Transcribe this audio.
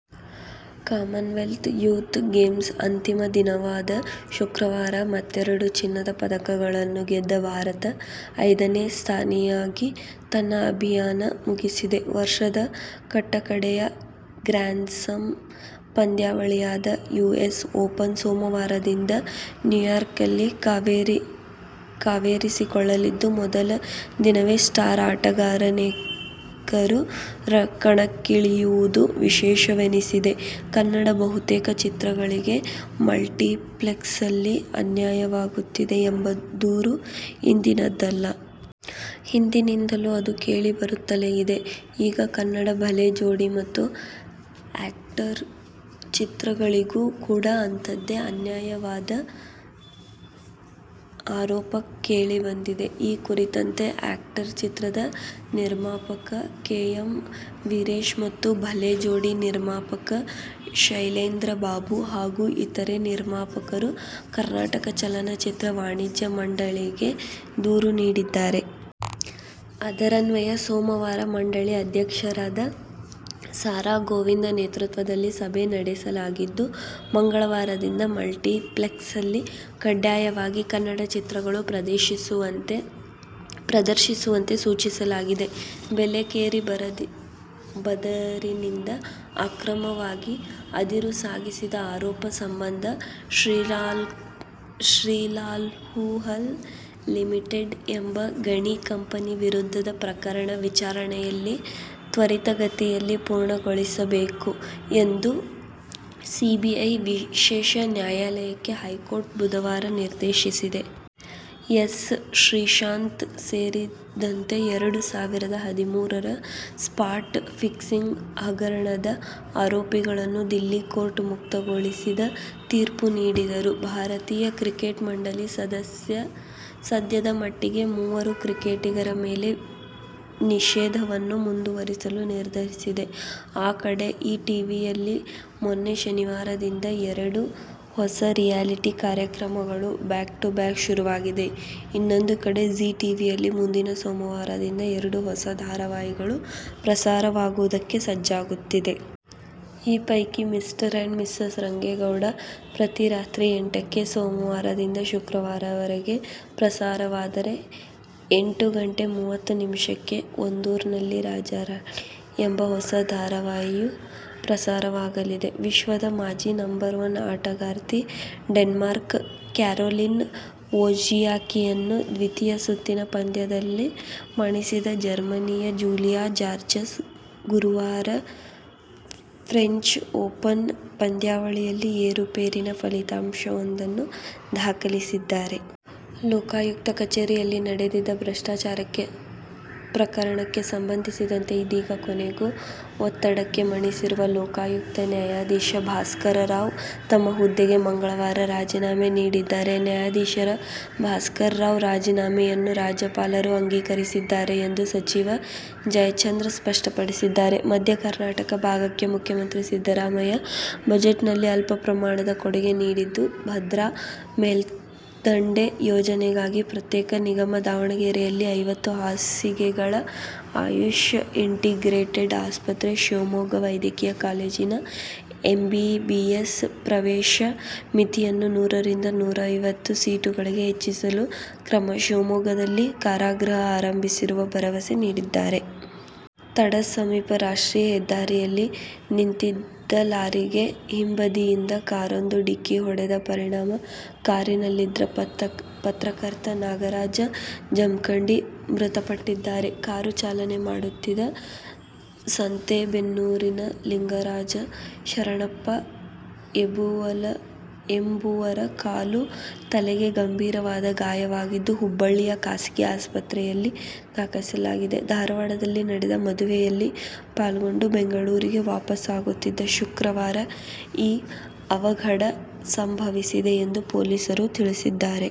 Commonwealth youth ಗೇಮ್ಸ್ನ ಅಂತಿಮ ದಿನವಾದ ಶುಕ್ರವಾರ ಮತ್ತೆರಡು ಚಿನ್ನದ ಪದಕಗಳನ್ನು ಗೆದ್ದ ಭಾರತ ಐದನೇ ಸ್ಥಾನಿಯಾಗಿ ತನ್ನ ಅಭಿಯಾನ ಮುಗಿಸಿದೆ. ವರ್ಷದ ಕಟ್ಟಕಡೆಯ ಗ್ರ್ಯಾನ್ಸ್ಲಾಮ್ ಪಂದ್ಯಾವಳಿಯಾದ ಯುಎಸ್ ಓಪನ್ ಸೋಮವಾರದಿಂದ ನ್ಯೂಯಾರ್ಕ್ನಲ್ಲಿ ಕಾವೇರಿಸಿಕೊಳ್ಳಲಿದ್ದು, ಮೊದಲ ದಿನವೇ ಸ್ಟಾರ್ ಆಟಗಾರರನೇಕರು ಕಣಕ್ಕಿಳಿಯುವುದು ವಿಶೇಷವೆನಿಸಿದೆ. ಕನ್ನಡದ ಬಹುತೇಕ ಚಿತ್ರಗಳಿಗೆ ಮಲ್ಟಿಪ್ಲೆಕ್ಸ್ನಲ್ಲಿ ಅನ್ಯಾಯವಾಗುತ್ತಿದೆ ಎಂಬ ದೂರು ಇಂದಿನದ್ದಲ್ಲ. ಹಿಂದಿನಿಂದಲೂ ಅದು ಕೇಳಿಬರುತ್ತಲೇ ಇದೆ. ಈಗ ಕನ್ನಡದ 'ಭಲೇ ಜೋಡಿ' ಮತ್ತು 'ಆ್ಯಕ್ಟರ್' ಚಿತ್ರಗಳಿಗೂ ಕೂಡ ಅಂಥದ್ದೇ ಅನ್ಯಾಯವಾದ ಆರೋಪ ಕೇಳಿಬಂದಿದೆ. ಈ ಕುರಿತಂತೆ 'ಆ್ಯಕ್ಟರ್' ಚಿತ್ರದ ನಿರ್ಮಾಪಕ ಕೆ. ಎಂ. ವೀರೇಶ್ ಮತ್ತು 'ಭಲೇ ಜೋಡಿ' ನಿರ್ಮಾಪಕ ಶೈಲೇಂದ್ರಬಾಬು ಹಾಗೂ ಇತರೆ ನಿರ್ಮಾಪಕರು ಕರ್ನಾಟಕ ಚಲನಚಿತ್ರ ವಾಣಿಜ್ಯ ಮಂಡಳಿಗೆ ದೂರು ನೀಡಿದ್ದಾರೆ. ಅದರನ್ವಯ ಸೋಮವಾರ ಮಂಡಳಿ ಅಧ್ಯಕ್ಷರಾದ ಸಾ. ರಾ. ಗೋವಿಂದು ನೇತೃತ್ವದಲ್ಲಿ ಸಭೆ ನಡೆಸಲಾಗಿದ್ದು, ಮಂಗಳವಾರದಿಂದ ಮಲ್ಟಿಪ್ಲೆಕ್ಸ್ನಲ್ಲಿ ಕಡ್ಡಾಯವಾಗಿ ಕನ್ನಡ ಚಿತ್ರಗಳನ್ನು ಪ್ರದರ್ಶಿಸುವಂತೆ ಸೂಚಿಸಲಾಗಿದೆ. ಬೇಲೆಕೇರಿ ಬಂದರಿನಿಂದ ಅಕ್ರಮವಾಗಿ ಅದಿರು ಸಾಗಿಸಿದ ಆರೋಪ ಸಂಬಂಧ ಶ್ರೀಲಾಲ್ವುಹಲ್ ಲಿಮಿಟೆಡ್ ಎಂಬ ಗಣಿ ಕಂಪನಿ ವಿರುದ್ಧದ ಪ್ರಕರಣದ ವಿಚಾರಣೆಯನ್ನು ತ್ವರಿತಗತಿಯಲ್ಲಿ ಪೂರ್ಣಗೊಳಿಸಬೇಕು ಎಂದು ಸಿಬಿಐ ವಿಶೇಷ ನ್ಯಾಯಾಲಯಕ್ಕೆ ಹೈಕೋರ್ಟ್ ಬುಧವಾರ ನಿರ್ದೇಶಿಸಿದೆ. ಎಸ್. ಶ್ರೀಶಾಂತ್ ಸೇರಿದಂತೆ ಎರಡು ಸಾವಿರದ ಹದಿಮೂರರ ಸ್ಪಾಟ್ ಫಿಕ್ಸಿಂಗ್ ಹಗರಣದ ಆರೋಪಿಗಳನ್ನು ದಿಲ್ಲಿ ಕೋರ್ಟ್ ಮುಕ್ತಗೊಳಿಸಿದ ತೀರ್ಪು ನೀಡಿದರೂ ಭಾರತೀಯ ಕ್ರಿಕೆಟ್ ಮಂಡಳಿ ಸದ್ಯದ ಮಟ್ಟಿಗೆ ಮೂವರು ಕ್ರಿಕೆಟಿಗರ ಮೇಲಿನ ನಿಷೇಧವನ್ನು ಮುಂದುವರಿಸಲು ನಿರ್ಧರಿಸಿದೆ. ಆ ಕಡೆ ಈ ಟಿವಿಯಲ್ಲಿ ಮೊನ್ನೆ ಶನಿವಾರದಿಂದ ಎರಡು ಹೊಸ ರಿಯಾಲಿಟಿ ಕಾರ್ಯಕ್ರಮಗಳು ಬ್ಯಾಕ್ ಟು ಬ್ಯಾಕ್ ಶುರುವಾದರೆ, ಇನ್ನೊಂದು ಕಡೆ ಜೀ ಟಿವಿಯಲ್ಲಿ ಮುಂದಿನ ಸೋಮವಾರದಿಂದ ಎರಡು ಹೊಸ ಧಾರಾವಾಹಿಗಳು ಪ್ರಸಾರವಾಗುವುದಕ್ಕೆ ಸಜ್ಜಾಗುತ್ತಿದೆ. ಈ ಪೈಕಿ "ಮಿಸ್ಟರ್ ಅಂಡ್ ಮಿಸಸ್ ರಂಗೇಗೌಡ' ಪ್ರತಿ ರಾತ್ರಿ ಎಂಟಕ್ಕೆ ಸೋಮವಾರದಿಂದ ಶುಕ್ರವಾರದವರೆಗೂ ಪ್ರಸಾರವಾದರೆ, ಎಂಟು ಗಂಟೆ ಮೂವತ್ತು ನಿಮಿಷಕ್ಕೆ "ಒಂದೂರ್ನಲ್ಲಿ ರಾಜ-ರಾಣಿ' ಎಂಬ ಹೊಸ ಧಾರಾವಾಹಿಗಳು ಪ್ರಸಾರವಾಗಲಿವೆ. ವಿಶ್ವದ ಮಾಜಿ ನಂಬರ್ ವನ್ ಆಟಗಾರ್ತಿ ಡೆನ್ಮಾರ್ಕ್ನ ಕ್ಯಾರೋಲಿನ್ ವೋಜ್ನಿಯಾಕಿಯನ್ನು ದ್ವಿತೀಯ ಸುತ್ತಿನ ಪಂದ್ಯದಲ್ಲಿ ಮಣಿಸಿದ ಜರ್ಮನಿಯ ಜೂಲಿಯಾ ಜಾರ್ಜಸ್ ಗುರುವಾರ ಫ್ರೆಂಚ್ ಓಪನ್ ಪಂದ್ಯಾವಳಿಯಲ್ಲಿ ಏರುಪೇರಿನ ಫಲಿತಾಂಶವೊಂದನ್ನು ದಾಖಲಿಸಿದ್ದಾರೆ. ಲೋಕಾಯುಕ್ತ ಕಚೇರಿಯಲ್ಲಿ ನಡೆದಿದ್ದ ಭ್ರಷ್ಟಾಚಾರ ಪ್ರಕರಣಕ್ಕೆ ಸಂಬಂಧಿಸಿದಂತೆ ಇದೀಗ ಕೊನೆಗೂ ಒತ್ತಡಕ್ಕೆ ಮಣಿದಿರುವ ಲೋಕಾಯುಕ್ತ ನ್ಯಾಯಾಧೀಶ ಭಾಸ್ಕರರಾವ್ ತಮ್ಮ ಹುದ್ದೆಗೆ ಮಂಗಳವಾರ ರಾಜೀನಾಮೆ ನೀಡಿದ್ದಾರೆ. ನ್ಯಾಯಾಧೀಶ ಭಾಸ್ಕರರಾವ್ ರಾಜೀನಾಮೆಯನ್ನು ರಾಜ್ಯಪಾಲರು ಅಂಗೀಕರಿಸಿದ್ದಾರೆ ಎಂದು ಸಚಿವ ಜಯಚಂದ್ರ ಸ್ಪಷ್ಟಪಡಿಸಿದ್ದಾರೆ. ಮಧ್ಯ ಕರ್ನಾಟಕ ಭಾಗಕ್ಕೆ ಮುಖ್ಯಮಂತ್ರಿ ಸಿದ್ದರಾಮಯ್ಯ ಬಜೆಟ್ನಲ್ಲಿ ಅಲ್ಪ ಪ್ರಮಾಣದ ಕೊಡುಗೆ ನೀಡಿದ್ದು, ಭದ್ರಾ ಮೇಲ್ದಂಡೆ ಯೋಜನೆಗಾಗಿ ಪ್ರತ್ಯೇಕ ನಿಗಮ, ದಾವಣಗೆರೆಯಲ್ಲಿ ಐವತ್ತು ಹಾಸಿಗೆಗಳ ಆಯುಷ್ ಇಂಟಿಗ್ರೇಟೆಡ್ ಆಸ್ಪತ್ರೆ, ಶಿವಮೊಗ್ಗ ವೈದ್ಯಕೀಯ ಕಾಲೇಜಿನ ಎಂಬಿಬಿಎಸ್ ಪ್ರವೇಶ ಮಿತಿಯನ್ನು ನೂರರಿಂದ ನೂರೈವತ್ತು ಸೀಟುಗಳಿಗೆ ಹೆಚ್ಚಿಸಲು ಕ್ರಮ, ಶಿವಮೊಗ್ಗದಲ್ಲಿ ಕಾರಾಗೃಹ ಆರಂಭಿಸುವ ಭರವಸೆ ನೀಡಿದ್ದಾರೆ. ತಡಸ ಸಮೀಪ ರಾಷ್ಟ್ರೀಯ ಹೆದ್ದಾರಿಯಲ್ಲಿ ನಿಂತಿದ್ದ ಲಾರಿಗೆ ಹಿಂಬದಿಯಿಂದ ಕಾರೊಂದು ಡಿಕ್ಕಿ ಹೊಡೆದ ಪರಿಣಾಮ ಕಾರಿನಲ್ಲಿದ್ದ ಪತ್ರಕರ್ತ ನಾಗರಾಜ ಜಮಖಂಡಿ ಮೃತಪಟ್ಟಿದ್ದಾರೆ. ಕಾರು ಚಾಲನೆ ಮಾಡುತ್ತಿದ್ದ ಸಂತೇಬೆನ್ನೂರಿನ ಲಿಂಗರಾಜ ಶರಣಪ್ಪ ಎಂಬುವರ ಕಾಲು, ತಲೆಗೆ ಗಂಭೀರವಾದ ಗಾಯವಾಗಿದ್ದು, ಹುಬ್ಬಳ್ಳಿಯ ಖಾಸಗಿ ಆಸ್ಪತ್ರೆಗೆ ದಾಖಲಿಸಲಾಗಿದೆ. ಧಾರವಾಡದಲ್ಲಿ ನಡೆದ ಮದುವೆಯಲ್ಲಿ ಪಾಲ್ಗೊಂಡು ಬೆಂಗಳೂರಿಗೆ ವಾಪಸಾಗುತ್ತಿದ್ದಾಗ ಶುಕ್ರವಾರ ಈ ಅವಘಡ ಸಂಭವಿಸಿದೆ ಎಂದು ಪೊಲೀಸರು ತಿಳಿಸಿದ್ದಾರೆ.